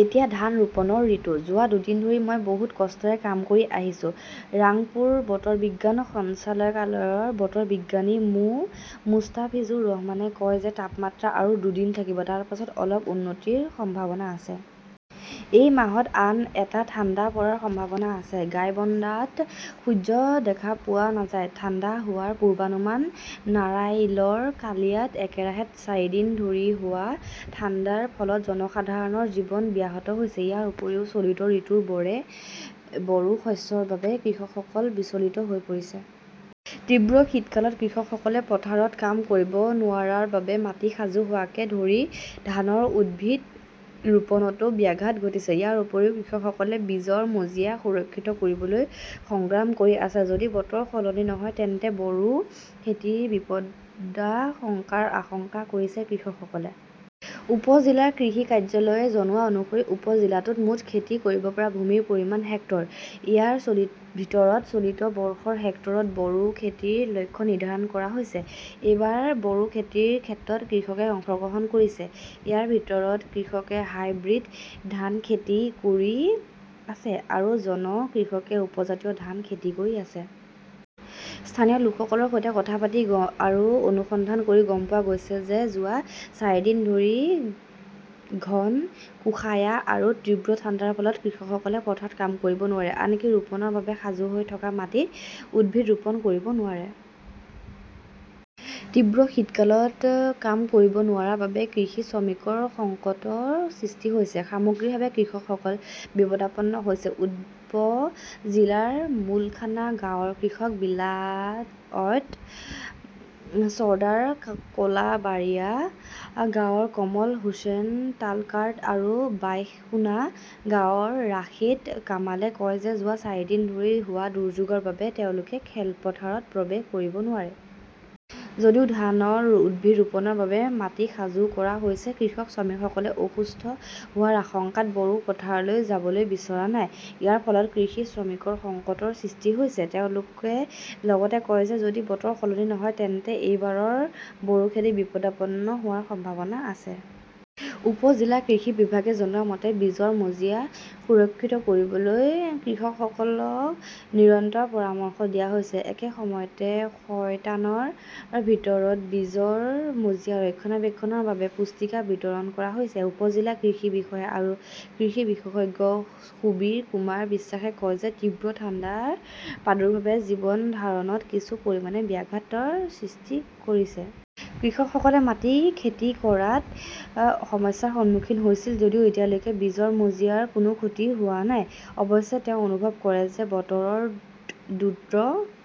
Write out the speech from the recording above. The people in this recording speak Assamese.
এতিয়া ধান ৰোপণৰ ঋতু। যোৱা দুদিন ধৰি মই বহুত কষ্টৰে কাম কৰি আহিছো। ৰাংপুৰ বতৰ বিজ্ঞান সঞ্চালকালয়ৰ বতৰ বিজ্ঞানী মো. মুষ্টাফিজুৰ ৰহমানে কয় যে তাপমাত্ৰা আৰু দুদিন থাকিব। তাৰ পিছত অলপ উন্নতিৰ সম্ভাৱনা আছে। এই মাহত আন এটা ঠাণ্ডা পৰাৰ সম্ভাৱনা আছে। গাইবন্দাত সূৰ্য দেখা পোৱা নাযায়, ঠাণ্ডা হোৱাৰ পূৰ্বানুমান নাৰাইলৰ কালিয়াত একেৰাহে চাৰিদিন ধৰি হোৱা ঠাণ্ডাৰ ফলত জনসাধাৰণৰ জীৱন ব্যাহত হৈছে। ইয়াৰ উপৰিও, চলিত ঋতুৰ বৰো শস্যৰ বাবে কৃষকসকল বিচলিত হৈ পৰিছে। তীব্ৰ শীতকালত কৃষকসকলে পথাৰত কাম কৰিব নোৱাৰাৰ বাবে মাটি সাজু হোৱাকে ধৰি ধানৰ উদ্ভিদ ৰোপণতো ব্যাঘাত ঘটিছে। ইয়াৰ উপৰিও, কৃষকসকলে বীজৰ মজিয়া সুৰক্ষিত কৰিবলৈ সংগ্ৰাম কৰি আছে। যদি বতৰ সলনি নহয় তেন্তে বৰো খেতিৰ বিপদাশংকাৰ আশংকা কৰিছে কৃষকসকলে। উপ-জিলাৰ কৃষি কাৰ্যালয়ে জনোৱা অনুসৰি উপ-জিলাটোত মুঠ খেতি কৰিব পৰা ভূমিৰ পৰিমাণ হেক্টৰ। ইয়াৰ ভিতৰত চলিত বৰ্ষত হেক্টৰত বৰো খেতিৰ লক্ষ্য নিৰ্ধাৰণ কৰা হৈছে। এইবাৰ বৰো খেতিৰ ক্ষেত্ৰত কৃষকে অংশগ্ৰহণ কৰিছে। ইয়াৰ ভিতৰত কৃষকে হাইব্ৰিড ধান খেতি কৰি আছে আৰু জন কৃষকে উপজাতীয় ধান খেতি কৰি আছে। স্থানীয় কৃষকসকলৰ সৈতে কথা পাতি আৰু অনুসন্ধান কৰি গম পোৱা গৈছে যে যোৱা চাৰিদিন ধৰি ঘন কুয়াশা আৰু তীব্ৰ ঠাণ্ডাৰ ফলত কৃষকসকলে পথাৰত কাম কৰিব নোৱাৰে। আনকি ৰোপণৰ বাবে সাজু হৈ থকা মাটিত উদ্ভিদ ৰোপণ কৰিব নোৱাৰি। তীব্ৰ শীতকালত কাম কৰিব নোৱাৰাৰ বাবে কৃষি শ্ৰমিকৰ সংকটৰ সৃষ্টি হৈছে। সামগ্ৰিকভাৱে কৃষকসকল বিপদাপন্ন হৈছে। উপ-জিলাৰ মুলখানা গাঁৱৰ কৃষক বিলায়ত চৰ্দাৰ, কলাবাৰিয়া গাঁৱৰ কমল হোসেন তালকাৰ্ড আৰু বাইসোনা গাঁৱৰ ৰাশেদ কামালে কয় যে যোৱা চাৰিদিন ধৰি হোৱা দুৰ্যোগৰ বাবে তেওঁলোকে খেলপথাৰত প্ৰৱেশ কৰিব নোৱাৰে। যদিও ধানৰ উদ্ভিদ ৰোপণৰ বাবে মাটি সাজু কৰা হৈছে, কৃষক শ্ৰমিকসকলে অসুস্থ হোৱাৰ আশংকাত বৰো পথাৰলৈ যাবলৈ বিচৰা নাই। ইয়াৰ ফলত কৃষি শ্ৰমিকৰ সংকটৰ সৃষ্টি হৈছে। তেওঁলোকে লগতে কয় যে যদি বতৰ সলনি নহয় তেন্তে এইবাৰৰ বৰো খেতি বিপদাপন্ন হোৱাৰ সম্ভাৱনা আছে। উপ-জিলা কৃষি বিভাগে জনোৱা মতে, বীজৰ মজিয়া সুৰক্ষিত কৰিবলৈ কৃষকসকলক নিৰন্তৰ পৰামৰ্শ দিয়া হৈছে। একে সময়তে শয়তানৰ ভিতৰত বীজৰ মজিয়া ৰক্ষণাবেক্ষণৰ বাবে পুস্তিকা বিতৰণ কৰা হৈছে। উপ-জিলা কৃষি বিষয়া আৰু কৃষি বিশেষজ্ঞ সুবীৰ কুমাৰ বিশ্বাসে কয় যে তীব্ৰ ঠাণ্ডাৰ প্ৰাদুৰ্ভাৱে জীৱন ধাৰণত কিছু পৰিমাণে ব্যাঘাত সৃষ্টি কৰিছে। কৃষকসকলে মাটি খেতি কৰাত সমস্যাৰ সন্মুখীন হৈছিল যদিও এতিয়ালৈকে বীজৰ মজিয়াৰ কোনো ক্ষতি হোৱা নাই। অৱশ্যে, তেওঁ অনুভৱ কৰে যে বতৰত দ্ৰুত